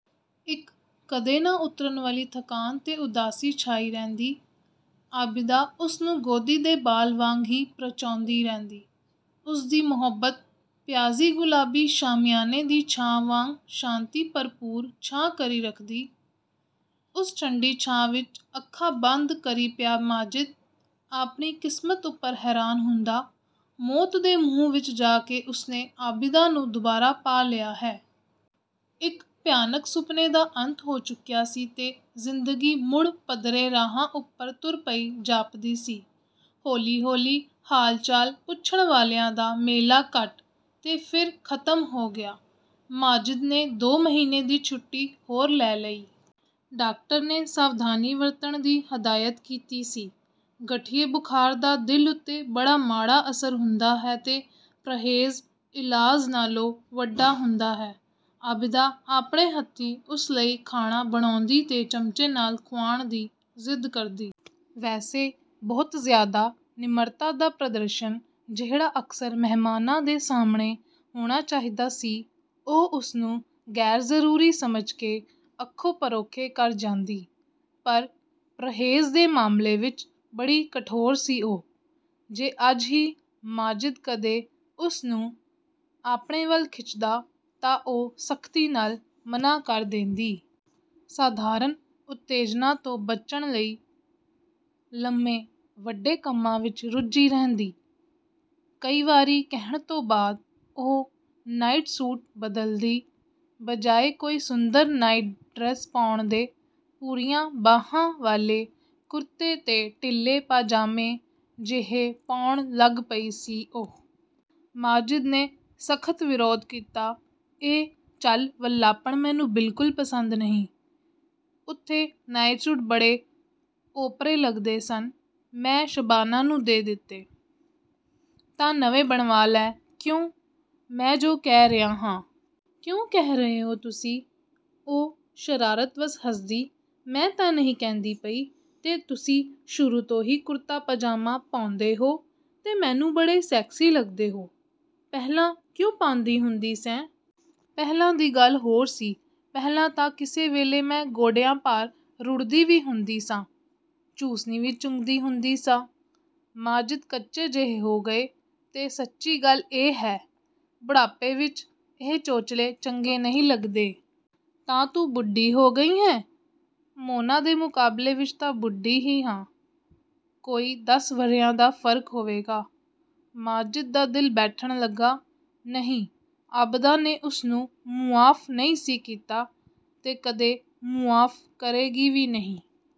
ਇੱਕ, ਕਦੇ ਨਾ ਉਤਰਨ ਵਾਲੀ ਥਕਾਨ ਤੇ ਉਦਾਸੀ ਛਾਈ ਰਹਿੰਦੀ। ਆਬਿਦਾ ਉਸਨੂੰ ਗੋਦੀ ਦੇ ਬਾਲ ਵਾਂਗ ਹੀ ਪ੍ਰਚਾਉਂਦੀ ਰਹਿੰਦੀ। ਉਸਦੀ ਮੁਹੱਬਤ, ਪਿਆਜ਼ੀ-ਗੁਲਾਬੀ ਸ਼ਾਮਿਆਨੇ ਦੀ ਛਾਂ ਵਾਂਗ ਸ਼ਾਂਤੀ-ਭਰਪੂਰ ਛਾਂ ਕਰੀ ਰੱਖਦੀ। ਉਸ ਠੰਡੀ ਛਾਂ ਵਿੱਚ ਅੱਖਾਂ ਬੰਦ ਕਰੀ ਪਿਆ ਮਾਜਿਦ, ਆਪਣੀ ਕਿਸਮਤ ਉੱਪਰ ਹੈਰਾਨ ਹੁੰਦਾ, ਮੌਤ ਦੇ ਮੂੰਹ ਵਿੱਚ ਜਾ ਕੇ ਉਸਨੇ ਆਬਿਦਾ ਨੂੰ ਦੁਬਾਰਾ ਪਾ ਲਿਆ ਹੈ। ਇੱਕ ਭਿਆਨਕ ਸੁਪਨੇ ਦਾ ਅੰਤ ਹੋ ਚੁੱਕਿਆ ਸੀ ਤੇ ਜ਼ਿੰਦਗੀ ਮੁੜ ਪੱਧਰੇ ਰਾਹਾਂ ਉੱਪਰ ਤੁਰ ਪਈ ਜਾਪਦੀ ਸੀ। ਹੌਲੀ-ਹੌਲੀ ਹਾਲ-ਚਾਲ ਪੁੱਛਣ ਵਾਲਿਆਂ ਦਾ ਮੇਲਾ ਘੱਟ, ਤੇ ਫਿਰ ਖ਼ਤਮ ਹੋ ਗਿਆ। ਮਾਜਿਦ ਨੇ ਦੋ ਮਹੀਨੇ ਦੀ ਛੁੱਟੀ ਹੋਰ ਲੈ ਲਈ। ਡਾਕਟਰ ਨੇ ਸਾਵਧਾਨੀ ਵਰਤਣ ਦੀ ਹਦਾਇਤ ਕੀਤੀ ਸੀ। ਗਠੀਏ ਬੁਖਾਰ ਦਾ ਦਿਲ ਉੱਤੇ ਬੜਾ ਮਾੜਾ ਅਸਰ ਹੁੰਦਾ ਹੈ ਤੇ ਪ੍ਰਹੇਜ਼, ਇਲਾਜ਼ ਨਾਲੋਂ ਵੱਡਾ ਹੁੰਦਾ ਹੈ। ਆਬਿਦਾ ਆਪਣੇ ਹੱਥੀਂ ਉਸ ਲਈ ਖਾਣਾ ਬਣਾਉਂਦੀ ਤੇ ਚਮਚੇ ਨਾਲ ਖੁਆਉਣ ਦੀ ਜ਼ਿੱਦ ਕਰਦੀ। ਵੈਸੇ, ਬਹੁਤ ਜ਼ਿਆਦਾ ਨਿਮਰਤਾ ਦਾ ਪ੍ਰਦਰਸ਼ਨ ਜਿਹੜਾ ਅਕਸਰ ਮਹਿਮਾਨਾਂ ਦੇ ਸਾਹਮਣੇ ਹੋਣਾ ਚਾਹੀਦਾ ਸੀ, ਉਹ ਉਸਨੂੰ ਗ਼ੈਰਜ਼ਰੂਰੀ ਸਮਝ ਕੇ ਅੱਖੋਂ ਪਰੋਖੇ ਕਰ ਜਾਂਦੀ। ਪਰ ਪ੍ਰਹੇਜ਼ ਦੇ ਮਾਮਲੇ ਵਿੱਚ ਬੜੀ ਕਠੋਰ ਸੀ ਉਹ। ਜੇ ਉਂਜ ਹੀ ਮਾਜਿਦ ਕਦੇ ਉਸਨੂੰ ਆਪਣੇ ਵੱਲ ਖਿੱਚਦਾ ਤਾਂ ਉਹ ਸਖ਼ਤੀ ਨਾਲ ਮਨ੍ਹਾਂ ਕਰ ਦੇਂਦੀ। ਸਾਧਾਰਨ ਉਤੇਜਨਾ ਤੋਂ ਬਚਣ ਲਈ, ਲੰਮੇ-ਵੱਡੇ ਕੰਮਾਂ ਵਿੱਚ ਰੁੱਝੀ ਰਹਿੰਦੀ। ਕਈ ਵਾਰੀ ਕਹਿਣ ਤੋਂ ਬਾਅਦ ਉਹ ਨਾਈਟ ਸੂਟ ਬਦਲਦੀ। ਬਜਾਏ ਕੋਈ ਸੁੰਦਰ ਨਾਈਟ-ਡਰੈਸ ਪਾਉਣ ਦੇ, ਪੂਰੀਆਂ ਬਾਹਾਂ ਵਾਲੇ ਕੁਰਤੇ ਤੇ ਢਿੱਲੇ ਪਾਜਾਮੇ ਜਿਹੇ ਪਾਉਣ ਲੱਗ ਪਈ ਸੀ ਉਹ। ਮਾਜਿਦ ਨੇ ਸਖ਼ਤ ਵਿਰੋਧ ਕੀਤਾ। "ਇਹ ਝੱਲ-ਵਲੱਲਾਪਣ ਮੈਨੂੰ ਬਿਲਕੁਲ ਪਸੰਦ ਨਹੀਂ।" "ਉੱਥੇ ਨਾਈਟ ਸੂਟ ਬੜੇ ਓਪਰੇ ਲੱਗਦੇ ਸਨ, ਮੈਂ ਸ਼ਬਾਨਾ ਨੂੰ ਦੇ ਦਿੱਤੇ।" "ਤਾਂ ਨਵੇਂ ਬਣਵਾ ਲੈ।" "ਕਿਉਂ?" "ਮੈਂ ਜੋ ਕਹਿ ਰਿਹਾ ਹਾਂ।" "ਕਿਉਂ ਕਹਿ ਰਹੇ ਹੋ ਤੁਸੀਂ?" ਉਹ ਸ਼ਰਾਰਤ ਵੱਸ ਹੱਸਦੀ, "ਮੈਂ ਤਾਂ ਨਹੀਂ ਕਹਿੰਦੀ ਪਈ, ਤੇ ਤੁਸੀਂ ਸ਼ੁਰੂ ਤੋਂ ਹੀ ਕੁਰਤਾ ਪਾਜਾਮਾ ਪਾਉਂਦੇ ਹੋ, ਤੇ ਮੈਨੂੰ ਬੜੇ ਸੈਕਸੀ ਲੱਗਦੇ ਹੋ!" "ਪਹਿਲਾਂ ਕਿਉਂ ਪਾਉਂਦੀ ਹੁੰਦੀ ਸੈਂ?" "ਪਹਿਲਾਂ ਦੀ ਗੱਲ ਹੋਰ ਸੀ, ਪਹਿਲਾਂ ਤਾਂ ਕਿਸੇ ਵੇਲੇ ਮੈਂ ਗੋਡਿਆਂ ਭਾਰ ਰੁੜ੍ਹਦੀ ਵੀ ਹੁੰਦੀ ਸਾਂ। ਚੂਸਨੀ ਵੀ ਚੁੰਘਦੀ ਹੁੰਦੀ ਸਾਂ।" ਮਾਜਿਦ ਕੱਚੇ ਜਿਹੇ ਹੋ ਗਏ। "ਤੇ ਸੱਚੀ ਗੱਲ ਇਹ ਹੈ, ਬੁਢਾਪੇ ਵਿੱਚ ਇਹ ਚੋਚਲੇ ਚੰਗੇ ਨਹੀਂ ਲੱਗਦੇ।" "ਤਾਂ ਤੂੰ ਬੁੱਢੀ ਹੋ ਗਈ ਹੈਂ?" "ਮੋਨਾ ਦੇ ਮੁਕਾਬਲੇ ਵਿੱਚ ਤਾਂ ਬੁੱਢੀ ਹੀ ਹਾਂ। ਕੋਈ ਦਸ ਵਰ੍ਹਿਆਂ ਦਾ ਫ਼ਰਕ ਹੋਵੇਗਾ।" ਮਾਜਿਦ ਦਾ ਦਿਲ ਬੈਠਣ ਲੱਗਾ। ਨਹੀਂ, ਆਬਿਦਾ ਨੇ ਉਸਨੂੰ ਮੁਆਫ਼ ਨਹੀਂ ਸੀ ਕੀਤਾ, ਤੇ ਕਦੇ ਮੁਆਫ਼ ਕਰੇਗੀ ਵੀ ਨਹੀਂ।